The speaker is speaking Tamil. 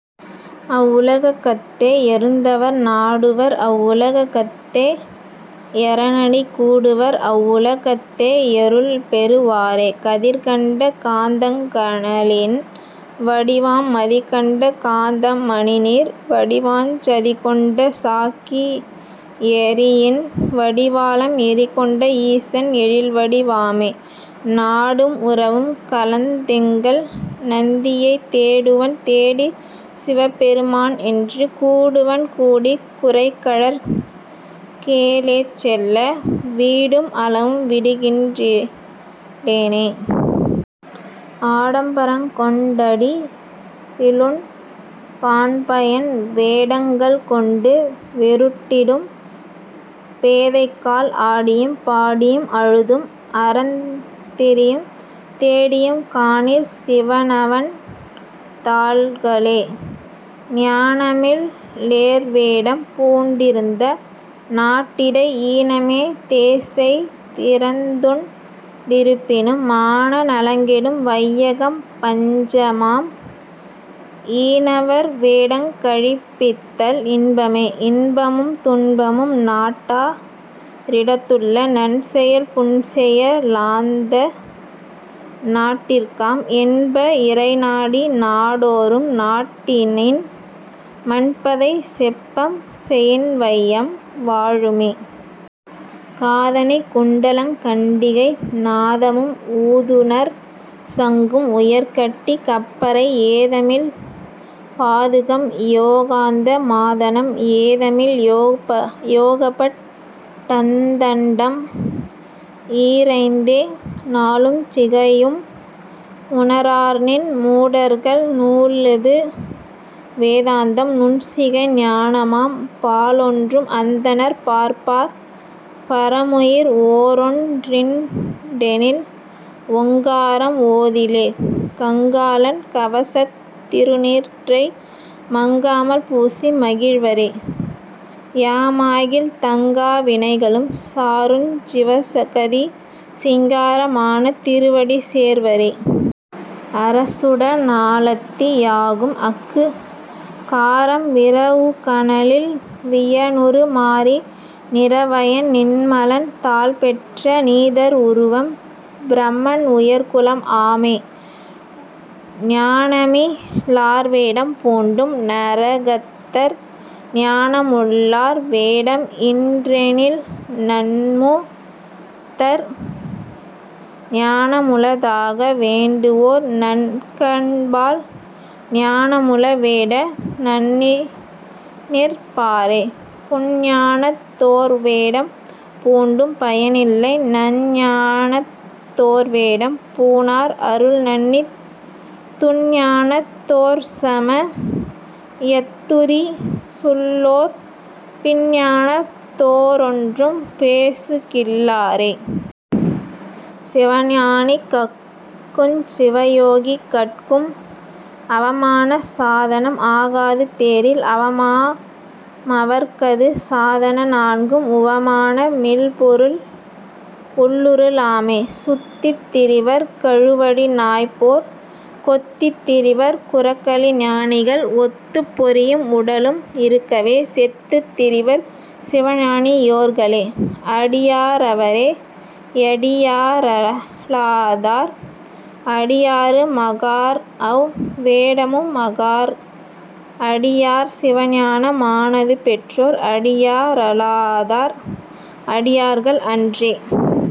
அவ்வுல கத்தே யருந்தவர் நாடுவர் அவ்வுல கத்தே யரனடி கூடுவர் அவ்வுல கத்தே யருள்பெறு வாரே. கதிர்கண்ட காந்தங் கனலின் வடிவாம் மதிகண்ட காந்தம் மணிநீர் வடிவாஞ் சதிகொண்ட சாக்கி யெரியின் வடிவாளன் எரிகொண்ட ஈசன் எழில்வடி வாமே. நாடும் உறவும் கலந்தெங்கள் நந்தியைத் தேடுவன் தேடிச் சிவபெரு மான்என்று கூடுவன் கூடிக் குரைகழற் கேசெல்ல வீடும் அளவும் விடுகின் றிலெனே. ஆடம் பரங்கொண் டடிசிலுண் பான்பயன் வேடங்கள் கொண்டு வெருட்டிடும் பேதைகாள் ஆடியும் பாடியும் அழுதும் அரந்றியுந் தேடியுங் காணீர் சிவனவன் தாள்களே. ஞானமில் லேர்வேடம் பூண்டிருந்த நாட்டிடை ஈனம தேசெய் திரந்துண் டிருப்பினும் மான நலங்கெடும் வையகம் பஞ்ச்மாம் ஈனவர் வேடங் கழிப்பித்தல் இன்பமே. இன்பமும் துன்பமும் நாட்டா ரிடத்துள்ள நன்செயல் புன்செய லாலந்த நாட்டிற்காம் என்ப இறைநாடி நாடோறும் நாட்டினின் மன்பதை செப்பம் செயின்வையம் வாழுமே. காதணி குண்டலங் கண்டிகை நாதமும் ஊதுநற் சங்கும் உயர்கட்டி கப்பரை ஏதமில் பாதுகம் யோகாந்த மாதனம் ஏதமில் யோகபட் டந்தண்டம் ஈரைந்தே. நூலுஞ் சிகையும் உணரார்நின் மூடர்கள் நூலது வேதாந்தம் நுண்சிகை ஞானமாம் பாலொன்றும் அந்தணர் பார்ப்பார் பரமுயிர் ஓரொன் றிரண்டெனில் ஓங்காரம் ஓதிலே. கங்காளன் கவசத் திருநீற்றை மங்காமல் பூசி மகிழ்வரே யாமாகில் தங்கா வினைகளுஞ் சாருஞ் சிவகதி சிங்கார மான திருவடி சேர்வரே. அரசுட னாலத்தி யாகும்அக் காரம் விரவுகனலில் வியனுரு மாறி நிரவயன் நின்மலன் தாள்பெற்ற நீதர் உருவம் பிரமன் உயர்குலம் ஆமே. ஞானமி லார்வேடம் பூண்டும் நரகத்தர் ஞானமுள்ளார்வேடம்இன்றெனில்நன்முத்தர் ஞானமுளதாக வேண்டுவோர் நக்கன்பால் ஞானமுள வேட நண்ணிநிற் பாரே. புன்ஞானத் தோர்வேடம் பூண்டும் பயனில்லை நன்ஞானத்தோர்வேடம் பூணார் அருள்நண்ணித் துன்ஞானத் தோர்சம யத்துரி சுள்ளோர் பின்ஞானத் தோரொன்றும் பேசுகில்லாரே. சிவஞானி கட்குஞ் சிவயோகி கட்கும் அவமான சாதனம் ஆகாது தேரில் அவமா மவர்க்கது சாதன நான்கும் உவமான மில்பொருள் உள்ளுற லாமே. சுத்தித் திரிவர் கழுவடி நாய்போற் கொத்தித் திரிவர் குரக்களி ஞானிகள் ஒத்துப் பொறியும் உடலும் இருக்கவே செத்துத் திரிவர் சிவஞானி யோர்களே. அடியா ரவரே யடியா ரலாதார் அடியாரு மாகார்அவ் வேடமு மாகார் அடியார் சிவஞான மானது பெற்றோர் அடியா ரலாதார் அடியார்கள் அன்றே.